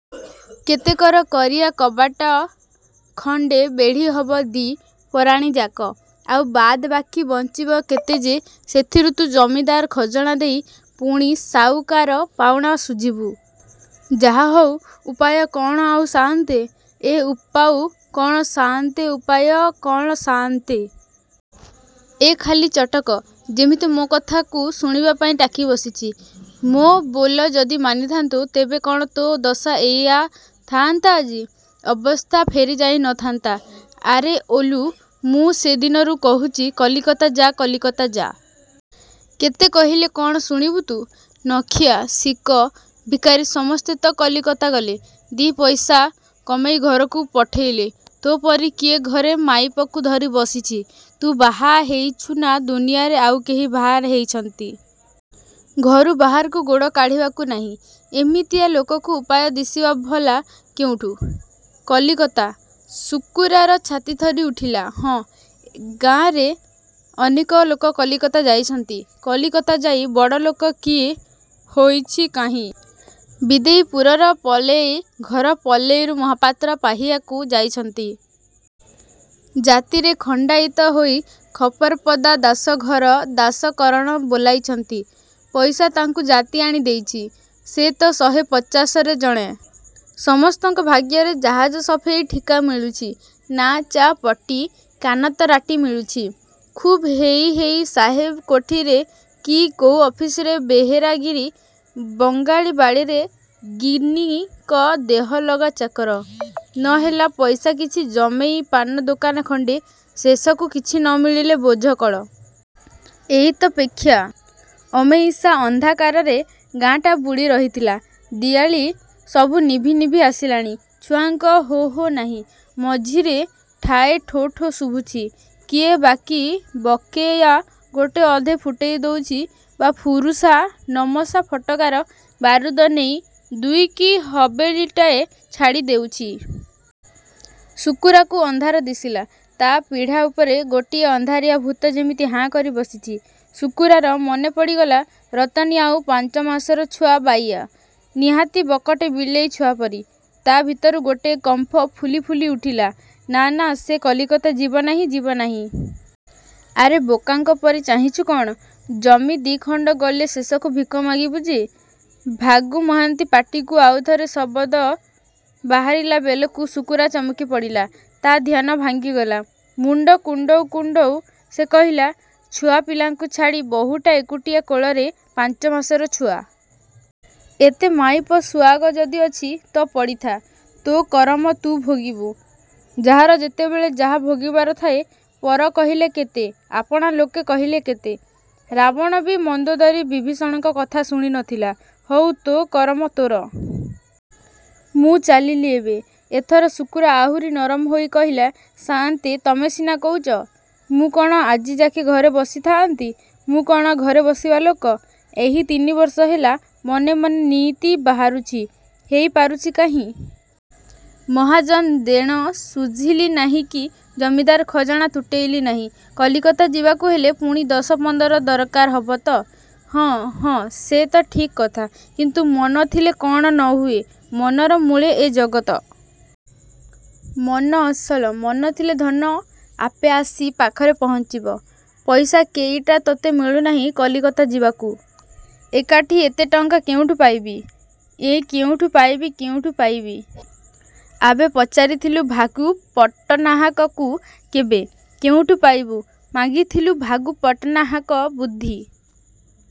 କେତକର କରିଆ କବଟା ଖଣ୍ଡେ ବେଢ଼ି ହବ ଦି' ପରାଣୀ ଯାକ। ଆଉ ବାଦ୍ ବାକି ବଞ୍ଚିବ କେତେ ଯେ ସେଥିରୁ ତୁ ଜମିଦାର ଖଜଣା ଦେଇ ପୁଣି ସାଉକାର ପାଉଣା ଶୁଝିବୁ। '' ''ଯାହାହଉ ଉପାୟ କ'ଣ ଆଉ ସାଆନ୍ତେ! '' ''ଏଃ ଉପାଉ କ'ଣ ସାଆନ୍ତେ ଉପାୟ କ'ଣ ସାଆନ୍ତେ! ଏ ଖାଲି ଚଟକ। ଯେମିତି ମୋ କଥାକୁ ଶୁଣିବାପାଇଁ ଟାକି ବସିଛି। ମୋ ବୋଲ ଯଦି ମାନିଥାନ୍ତୁ ତେବେ କ'ଣ ତୋ ଦଶା ଏଇଆ ଥାଆନ୍ତା ଆଜି? ଅବସ୍ଥା ଫେରିଯାଇ ନଥାନ୍ତା। ଆରେ ଓଲୁ, ମୁଁ ସେ ଦିନରୁ କହୁଛି କଲିକତା ଯା କଲିକତା ଯା! କେତେ କହିଲେ କ'ଣ ଶୁଣିବୁ ତୁ। ନଖିଆ, ଶିକ, ଭିକାରି, ସମସ୍ତେ ତ କଲିକତା ଗଲେ। ଦି' ପଇସା କମେଇ ଘରକୁ ପଠେଇଲେ। ତୋ ପରି କିଏ ଘରେ ମାଇପକୁ ଧରି ବସିଛି। ତୁ ବାହା ହେଇଚୁ ନା ଦୁନିଆରେ ଆଉ କେହି ବାହାର ହେଇଚନ୍ତି? ଘରୁ ବାହାରକୁ ଗୋଡ଼ କାଢ଼ିବାକୁ ନାହିଁ। ଏମିତିଆ ଲୋକକୁ ଉପାୟ ଦିଶିବ ଭଲା କେଉଁଠୁ? '' କଲିକତା! ଶୁକୁରାର ଛାତି ଥରି ଉଠିଲା। ହଁ, ଗାଁରେ ଅନେକ ଲୋକ କଲିକତା ଯାଇଛନ୍ତି। କଲିକତା ଯାଇ ବଡ଼ଲୋକ କିଏ ହେଇଛି କାହିଁ? ବିଦେଇପୁରର ପଲେଇ ଘର ପଲେଇରୁ ମହାପାତ୍ର ପାହିଆକୁ ଯାଇଛନ୍ତି! ଜାତିରେ ଖଣ୍ଡାଇତ ହୋଇ ଖପରପଦା ଦାସ ଘର ଦାସ କରଣ ବୋଲାଇଛନ୍ତି। ପଇସା ତାଙ୍କୁ ଜାତି ଆଣି ଦେଇଛି। ସେ ତ ଶହେ ପଚାଶରେ ଜଣେ। ସମସ୍ତଙ୍କ ଭାଗ୍ୟରେ ଜାହାଜ ସଫେଇ ଠିକା ମିଳୁଛି, ନା ଚା' ପଟି କାନତରାଟି ମିଳୁଛି? ଖୁବ୍ ହେଇ ହେଇ ସାହେବ କୋଠିରେ କି କୋଉ ଅଫିସରେ ବେହେରାଗିରି, ବଙ୍ଗାଳୀ ବାଡ଼ିରେ ଗିନ୍ନୀଙ୍କ ଦେହଲଗା ଚାକର, ନହେଲା ପଇସା କିଛି ଜମେଇ ପାନ ଦୋକାନ ଖଣ୍ଡେ ଶେଷକୁ କିଛି ନ ମିଳିଲେ ବୋଝ କଳ। ଏଇତ ପେଷା। ଅମେଇସା ଅନ୍ଧାକାରରେ ଗାଁଟା ବୁଡ଼ି ରହିଥିଲା। ଦିଆଲି ସବୁ ନିଭି ନିଭି ଆସିଲାଣି। ଛୁଆଙ୍କ ହୋହା ନାହିଁ। ମଝିରେ ଠାଏ ଠୋଠା ଶୁଭୁଛି। କିଏ ବାକି ବକେୟା ଗୋଟେ ଅଧେ ଫୁଟେଇ ଦଉଚି ବା ଫୁରୁସା ନମମା ଫଟକାର ବାରୁଦ ନେଇ ଦୁଇ କି ହବେଳିଟାଏ ଛାଡ଼ି ଦେଉଛି । ଶୁକୁରାକୁ ଅନ୍ଧାର ଦିଶିଲା। ତା' ପିଢ଼ା ଉପରେ ଗୋଟିଏ ଅନ୍ଧାରିଆ ଭୂତ ଯେମିତି ହାଁ କରି ବସିଛି। ଶୁକୁରାର ମନେ ପଡ଼ିଗଲା ରତନୀ ଆଉ ପାଞ୍ଚମାସର ଛୁଆ ବାଇୟା। ନିହାତି ବକଟେ ବିଲେଇ ଛୁଆପରି। ତା' ଭିତରୁ ଗୋଟେ କମ୍ପ ଫୁଲି ଫୁଲି ଉଠିଲା। ନା ନା ସେ କଲିକତା ଯିବନାହିଁ ଯିବନାହିଁ। ''ଆରେ ବୋକାଙ୍କ ପରି ଚାହିଁଚୁ କ'ଣ? ଜମି ଦିଖଣ୍ଡ ଗଲେ ଶେଷକୁ ଭିକ ମାଗିବୁ ଯେ। '' ଭାଗୁ ମହାନ୍ତି ପାଟିକୁ ଆଉ ଥରେ ଶବଦ ବାହାରିଲା ବେଲକୁ ଶୁକୁରା ଚମକି ପଡ଼ିଲା। ତା' ଧ୍ୟାନ ଭାଙ୍ଗିଗଲା। ମୁଣ୍ଡ କୁଣ୍ଡଉ କୁଣ୍ଡଉ ସେ କହିଲା ''ଛୁଆପିଲାଙ୍କୁ ଛାଡ଼ି ବହୂଟା ଏକୁଟିଆ କୋଳରେ ପାଞ୍ଚମାସର ଛୁଆ। '' ''ଏତେ ମାଇପ ସୁଆଗ ଯଦି ଅଛି ତ ପଡ଼ିଥା। ତୋ କରମ ତୁ ଭୋଗିବୁ। ଯାହାର ଯେତେବେଳେ ଯାହା ଭୋଗିବାର ଥାଏ, ପର କହିଲେ କେତେ, ଆପଣା ଲୋକେ କହିଲେ କେତେ। ରାବଣବି ମନ୍ଦୋଦରୀ ବିଭୀଷଣଙ୍କ କଥା ଶୁଣି ନଥିଲା। ହଉ ତୋ କରମ ତୋର। ମୁଁ ଚାଲିଲି ଏବେ। '' ଏଥର ଶୁକୁରା ଆହୁରି ନରମ ହେଇ କହିଲା ''ସାଆନ୍ତେ ତମେ ସିନା କହୁଚ, ମୁଁ କ'ଣ ଆଜିଯାକେ ଘରେ ବସି ଥାଆନ୍ତି। ମୁଁ କ'ଣ ଘରେ ବସିବା ଲୋକ? ଏଇ ତିନିବର୍ଷ ହେଲା, ମନେ ମନେ ନିଇତି ବାହାରୁଛି। ହେଇ ପାରୁଛି କାହିଁ! ମହାଜନ ଦେଣ ଶୁଝିଲି ନାହିଁ କି ଜମିଦାର ଖଜଣା ତୁଟେଇଲି ନାହିଁ। କଲିକତା ଯିବାକୁ ହେଲେ ପୁଣି ଦଶ ପନ୍ଦର ଦରକାର ହବ ତ! '' ''ହଁ, ହଁ ସେ ତ ଠିକ୍ କଥା। କିନ୍ତୁ ମନ ଥିଲେ କ'ଣ ନ ହୁଏ। ମନର ମୂଳେ ଏ ଜଗତ। ମନ ଅସଲ। ମନ ଥିଲେ ଧନ ଆପେ ଆସି ପାଖରେ ପହଞ୍ଚିବ। ପଇସା କେଇଟା ତୋତେ ମିଳୁ ନାହିଁ କଲିକତା ଯିବାକୁ? '' ''ଏକାଠି, ଏତେ ଟଙ୍କା କେଉଁଠୁ ପାଇବି? '' ଏଁ କେଉଁଠୁ ପାଇବି କେଉଁଠୁ ପାଇବି। ଆବେ ପଚାରିଥିଲୁ ଭାଗୁ ପଟ୍ଟନାହାକକୁ କେବେ? କେଉଁଠୁ ପାଇବୁ? ମାଗିଥିଲୁ ଭାଗୁ ପଟ୍ଟନାହାକ ବୁଦ୍ଧି!